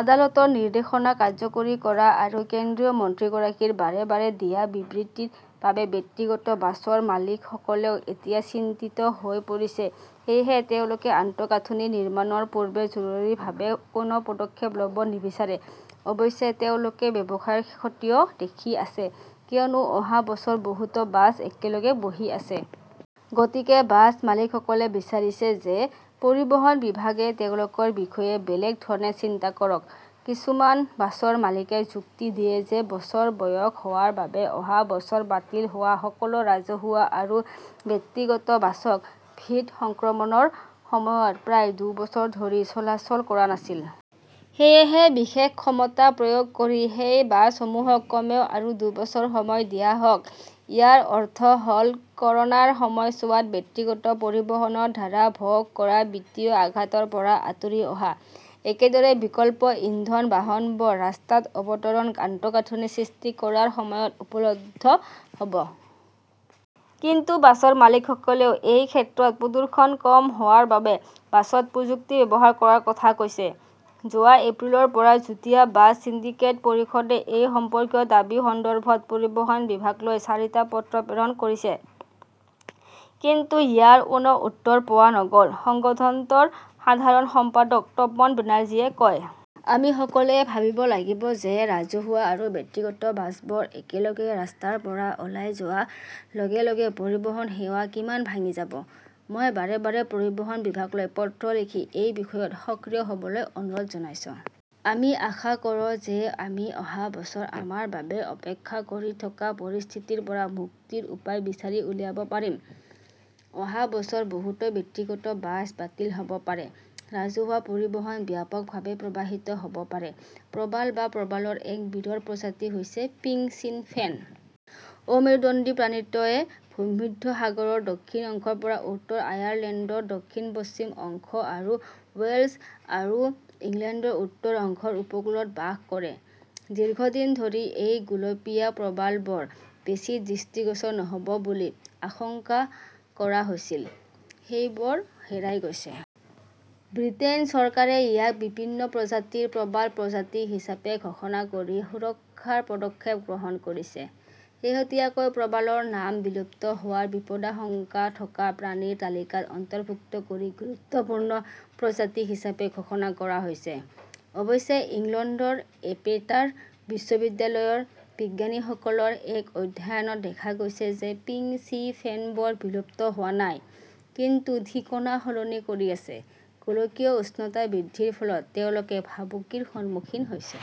আদালতৰ নিৰ্দেশনা কাৰ্যকৰী কৰা আৰু কেন্দ্ৰীয় মন্ত্ৰীগৰাকীৰ বাৰে বাৰে দিয়া বিবৃতিৰ বাবে ব্যক্তিগত বাছৰ মালিকসকলেও এতিয়া চিন্তিত হৈ পৰিছে। সেয়েহে তেওঁলোকে আন্তঃগাঁথনি নিৰ্মাণৰ পূৰ্বে জৰুৰীভাৱে কোনো পদক্ষেপ ল "ব নিবিচাৰে। অৱশ্যে, তেওঁলোকে ব্যৱসায়ৰ ক্ষতিও দেখি আছে কিয়নো অহা বছৰ বহুতো বাছ একেলগে বহি আছে। গতিকে বাছ মালিকসকলে বিচাৰিছে যে পৰিবহণ বিভাগে তেওঁলোকৰ বিষয়ে বেলেগ ধৰণে চিন্তা কৰক। কিছুমান বাছৰ মালিকে যুক্তি দিয়ে যে বছৰ বয়স হোৱাৰ বাবে অহা বছৰ বাতিল হোৱা সকলো ৰাজহুৱা আৰু ব্যক্তিগত বাছ ক "ভিড সংক্ৰমণৰ সময়ত প্ৰায় দুবছৰ ধৰি চলাচল কৰা নাছিল। সেয়েহে বিশেষ ক্ষমতা প্ৰয়োগ কৰি সেই বাছসমূহক কমেও আৰু দুবছৰৰ সময় দিয়া হওক। ইয়াৰ অৰ্থ হ "ল ক" ৰোনাৰ সময়ছোৱাত ব্যক্তিগত পৰিবহণৰ দ্বাৰা ভোগ কৰা বিত্তীয় আঘাতৰ পৰা আঁতৰি অহা। একেদৰে, বিকল্প ইন্ধন বাহনবোৰ ৰাস্তাত অৱতৰণ আন্তঃগাঁথনি সৃষ্টি কৰাৰ সময়ত উপলব্ধ হ 'ব। কিন্তু বাছৰ মালিকসকলেও এই ক্ষেত্ৰত প্ৰদূষণ কম হোৱাৰ বাবে বাছত প্ৰযুক্তি ব্যৱহাৰ কৰাৰ কথা কৈছে। যোৱা এপ্ৰিলৰ পৰা যুটীয়া বাছ সিন্ডিকেট পৰিষদে এই সম্পৰ্কীয় দাবী সন্দৰ্ভত পৰিবহণ বিভাগলৈ চাৰিটা পত্ৰ প্ৰেৰণ কৰিছে। কিন্তু ইয়াৰ কোনো উত্তৰ পোৱা নগ "ল", সংগঠনটোৰ সাধাৰণ সম্পাদক তপন বেনাৰ্জীয়ে কয়। "আমি সকলোৱে ভাবিব লাগিব যে ৰাজহুৱা আৰু ব্যক্তিগত বাছবোৰ একেলগে ৰাস্তাৰ পৰা ওলাই যোৱাৰ লগে লগে পৰিবহণ সেৱা কিমান ভাঙি যাব। মই বাৰে বাৰে পৰিবহণ বিভাগলৈ পত্ৰ লিখি এই বিষয়ত সক্ৰিয় হ "বলৈ অনুৰোধ জনাইছো। আমি আশা কৰোঁ যে আমি অহা বছৰ আমাৰ বাবে অপেক্ষা কৰি থকা পৰিস্থিতিৰ পৰা মুক্তিৰ উপায় বিচাৰি উলিয়াব পাৰিম। "। অহা বছৰ বহুতো ব্যক্তিগত বাছ বাতিল হ 'ব পাৰে, ৰাজহুৱা পৰিবহণ ব্যাপকভাৱে প্ৰভাৱিত হ' ব পাৰে প্ৰবাল বা প্ৰবালৰ এক বিৰল প্ৰজাতি হৈছে পিংক চি ফেন। অমেৰুদণ্ডী প্ৰাণীটোৱে ভূমধ্যসাগৰৰ দক্ষিণ অংশৰ পৰা উত্তৰ আয়াৰলেণ্ডৰ দক্ষিণ-পশ্চিম অংশ আৰু ৱেলছ আৰু ইংলেণ্ডৰ উত্তৰ অংশৰ উপকূলত বাস কৰে। দীৰ্ঘদিন ধৰি এই গুলপীয়া প্ৰবালবোৰ বেছি দৃষ্টিগোচৰ নহ "ব বুলি আশংকা কৰা হৈছিল; সেইবোৰ হেৰাই গৈছে। ব্ৰিটেইন চৰকাৰে ইয়াক বিপন্ন প্ৰজাতিৰ প্ৰবাল প্ৰজাতি হিচাপে ঘোষণা কৰি সুৰক্ষাৰ পদক্ষেপ গ্ৰহণ কৰিছে, শেহতীয়াকৈ প্ৰবালৰ নাম বিলুপ্ত হোৱাৰ বিপদাশংকা থকা প্ৰাণীৰ তালিকাত অন্তৰ্ভুক্ত কৰি গুৰুত্বপূৰ্ণ প্ৰজাতি হিচাপে ঘোষণা কৰা হৈছে। অৱশ্যে, ইংলেণ্ডৰ এপেটাৰ বিশ্ববিদ্যালয়ৰ বিজ্ঞানীসকলৰ এক অধ্যয়নত দেখা গৈছে যে পিংক চি ফেনবোৰ বিলুপ্ত হোৱা নাই, কিন্তু ঠিকনা সলনি কৰি আছে। গোলকীয় উষ্ণতা বৃদ্ধিৰ ফলত তেওঁলোকে ভাবুকিৰ সন্মুখীন হৈছে,